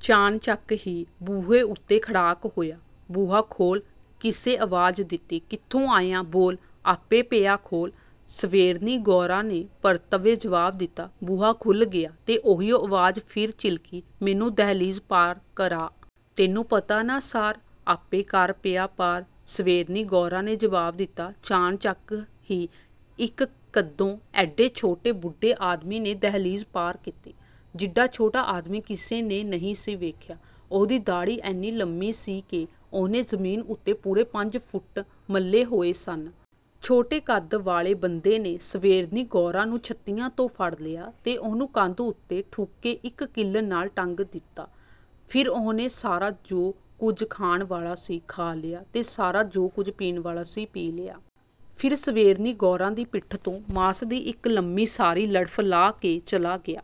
ਚਾਣਚੱਕ ਹੀ ਬੂਹੇ ਉੱਤੇ ਖੜਾਕ ਹੋਇਆ। “ਬੂਹਾ ਖੋਲ੍ਹ!” ਕਿਸੇ ਆਵਾਜ਼ ਦਿੱਤੀ। “ਕਿੱਥੋਂ ਆਇਆਂ? ਬੋਲ, ਆਪੇ ਪਿਆ ਖੋਲ੍ਹ!” ਸਵੇਰਨੀ-ਗੋਰਾ ਨੇ ਪਰਤਵਾਂ ਜਵਾਬ ਦਿੱਤਾ। ਬੂਹਾ ਖੁੱਲ੍ਹ ਗਿਆ ਤੇ ਉਹੀਓ ਆਵਾਜ਼ ਫਿਰ ਚਿਲਕੀ, “ਮੈਨੂੰ ਦਹਿਲੀਜ਼ ਪਾਰ ਕਰਾ!” “ਤੈਨੂੰ ਪਤਾ ਨਾ ਸਾਰ, ਆਪੇ ਕਰ ਪਿਆ ਪਾਰ!” ਸਵੇਰਨੀ-ਗੋਰਾ ਨੇ ਜਵਾਬ ਦਿੱਤਾ। ਚਾਣਚੱਕ ਹੀ ਇੱਕ ਕੱਦੋਂ ਐਡੇ ਛੋਟੇ ਬੁੱਢੇ ਆਦਮੀ ਨੇ ਦਹਿਲੀਜ਼ ਪਾਰ ਕੀਤੀ, ਜਿੱਡਾ ਛੋਟਾ ਆਦਮੀ ਕਿਸੇ ਨੇ ਨਹੀਂ ਸੀ ਵੇਖਿਆ। ਉਹਦੀ ਦਾੜ੍ਹੀ ਐਨੀ ਲੰਮੀ ਸੀ ਕਿ ਉਹਨੇ ਜ਼ਮੀਨ ਉੱਤੇ ਪੂਰੇ ਪੰਜ ਫੁੱਟ ਮੱਲੇ ਹੋਏ ਸਨ। ਛੋਟੇ ਕੱਦ ਵਾਲੇ ਬੰਦੇ ਨੇ ਸਵੇਰਨੀ-ਗੋਰਾ ਨੂੰ ਛੱਤੀਆਂ ਤੋਂ ਫੜ ਲਿਆ ਤੇ ਉਹਨੂੰ ਕੰਧ ਉੱਤੇ ਠੁਕੇ ਇੱਕ ਕਿੱਲ ਨਾਲ ਟੰਗ ਦਿੱਤਾ। ਫਿਰ ਉਹਨੇ ਸਾਰਾ ਜੋ ਕੁਝ ਖਾਣ ਵਾਲਾ ਸੀ, ਖਾ ਲਿਆ ਤੇ ਸਾਰਾ ਜੋ ਕੁਝ ਪੀਣ ਵਾਲਾ ਸੀ, ਪੀ ਲਿਆ। ਫਿਰ ਸਵੇਰਨੀ-ਗੋਰਾ ਦੀ ਪਿੱਠ ਤੋਂ ਮਾਸ ਦੀ ਇੱਕ ਲੰਮੀ ਸਾਰੀ ਲੜਫ਼ ਲਾਹ ਕੇ ਚਲਾ ਗਿਆ।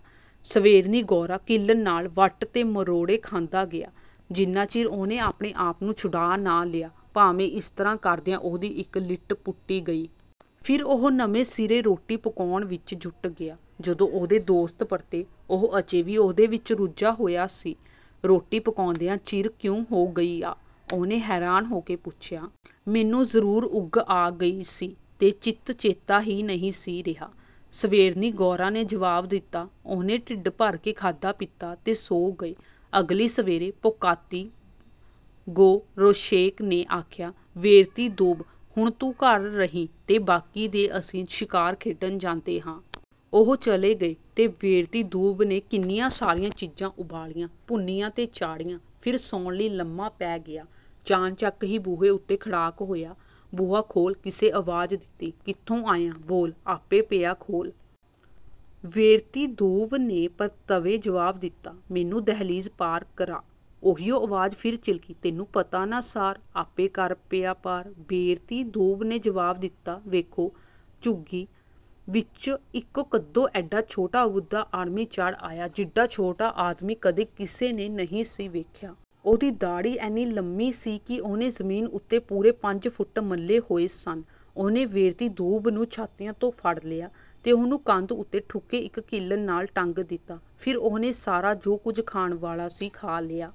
ਸਵੇਰਨੀ-ਗੋਰਾ ਕਿੱਲ ਨਾਲ ਵੱਟ ਤੇ ਮਰੋੜੇ ਖਾਂਦਾ ਗਿਆ, ਜਿੰਨਾ ਚਿਰ ਉਹਨੇ ਆਪਣੇ ਆਪ ਨੂੰ ਛੁਡਾ ਨਾ ਲਿਆ, ਭਾਵੇਂ ਇਸ ਤਰ੍ਹਾਂ ਕਰਦਿਆਂ ਉਹਦੀ ਇੱਕ ਲਿੱਟ ਪੁੱਟੀ ਗਈ। ਫਿਰ ਉਹ ਨਵੇਂ ਸਿਰੋਂ ਰੋਟੀ ਪਕਾਉਣ ਵਿੱਚ ਜੁੱਟ ਗਿਆ। ਜਦੋਂ ਉਹਦੇ ਦੋਸਤ ਪਰਤੇ, ਉਹ ਅਜੇ ਵੀ ਉਹਦੇ ਵਿੱਚ ਰੁੱਝਾ ਹੋਇਆ ਸੀ। “ਰੋਟੀ ਪਕਾਉਂਦਿਆਂ ਚਿਰ ਕਿਉਂ ਹੋ ਗਈ ਆ?” ਉਹਨਾਂ ਹੈਰਾਨ ਹੋ ਕੇ ਪੁੱਛਿਆ। “ਮੈਨੂੰ ਜ਼ਰੂਰ ਉਂਘ ਆ ਗਈ ਸੀ ਤੇ ਚਿੱਤ-ਚੇਤਾ ਹੀ ਨਹੀਂ ਸੀ ਰਿਹਾ,” ਸਵੇਰਨੀ-ਗੋਰਾ ਨੇ ਜਵਾਬ ਦਿੱਤਾ। ਉਹਨਾਂ ਢਿੱਡ ਭਰ ਕੇ ਖਾਧਾ-ਪੀਤਾ ਤੇ ਸੌਂ ਗਏ। ਅਗਲੀ ਸਵੇਰੇ ਪੋਕਾਤੀ-ਗੋਰੋਸ਼ੇਕ ਨੇ ਆਖਿਆ, “ਵੇਰਤੀ-ਦੂਬ, ਹੁਣ ਤੂੰ ਘਰ ਰਹੀਂ ਤੇ ਬਾਕੀ ਦੇ ਅਸੀਂ ਸ਼ਿਕਾਰ ਖੇਡਣ ਜਾਂਦੇ ਹਾਂ।” ਉਹ ਚਲੇ ਗਏ ਤੇ ਵੇਰਤੀ-ਦੂਬ ਨੇ ਕਿੰਨੀਆਂ ਸਾਰੀਆਂ ਚੀਜ਼ਾਂ ਉਬਾਲੀਆਂ, ਭੁੰਨੀਆਂ ਤੇ ਚਾੜ੍ਹੀਆਂ। ਫਿਰ ਸੌਣ ਲਈ ਲੰਮਾ ਪੈ ਗਿਆ। ਚਾਣਚੱਕ ਹੀ ਬੂਹੇ ਉੱਤੇ ਖੜਾਕ ਹੋਇਆ। “ਬੂਹਾ ਖੋਲ੍ਹ!” ਕਿਸੇ ਆਵਾਜ਼ ਦਿੱਤੀ। “ਕਿੱਥੋਂ ਆਇਆਂ? ਬੋਲ, ਆਪੇ ਪਿਆ ਖੋਲ੍ਹ!” ਵੇਰਤੀ-ਦੂਬ ਨੇ ਪਰਤਵਾਂ ਜਵਾਬ ਦਿੱਤਾ। “ਮੈਨੂੰ ਦਹਿਲੀਜ਼ ਪਾਰ ਕਰਾ!” ਉਹੀਓ ਆਵਾਜ਼ ਫਿਰ ਚਿਲਕੀ। “ਤੈਨੂੰ ਪਤਾ ਨਾ ਸਾਰ, ਆਪੇ ਕਰ ਪਿਆ ਪਾਰ!” ਵੇਰਤੀ-ਦੂਬ ਨੇ ਜਵਾਬ ਦਿੱਤਾ। ਵੇਖੋ! ਝੁੱਗੀ ਵਿੱਚ ਇੱਕ ਕੱਦੋਂ ਐਡਾ ਛੋਟਾ ਬੁੱਢਾ ਆਦਮੀ ਚੜ੍ਹ ਆਇਆ, ਜਿੱਡਾ ਛੋਟਾ ਆਦਮੀ ਕਦੇ ਕਿਸੇ ਨੇ ਨਹੀਂ ਸੀ ਵੇਖਿਆ। ਉਹਦੀ ਦਾੜ੍ਹੀ ਐਨੀ ਲੰਮੀ ਸੀ ਕਿ ਉਹਨੇ ਜ਼ਮੀਨ ਉੱਤੇ ਪੂਰੇ ਪੰਜ ਫੁੱਟ ਮੱਲੇ ਹੋਏ ਸਨ। ਉਹਨੇ ਵੇਰਤੀ-ਦੂਬ ਨੂੰ ਛਾਤੀਆਂ ਤੋਂ ਫੜ ਲਿਆ ਤੇ ਉਹਨੂੰ ਕੰਧ ਉੱਤੇ ਠੁਕੇ ਇੱਕ ਕਿੱਲ ਨਾਲ ਟੰਗ ਦਿੱਤਾ। ਫਿਰ ਉਹਨੇ ਸਾਰਾ ਜੋ ਕੁਝ ਖਾਣ ਵਾਲਾ ਸੀ, ਖਾ ਲਿਆ।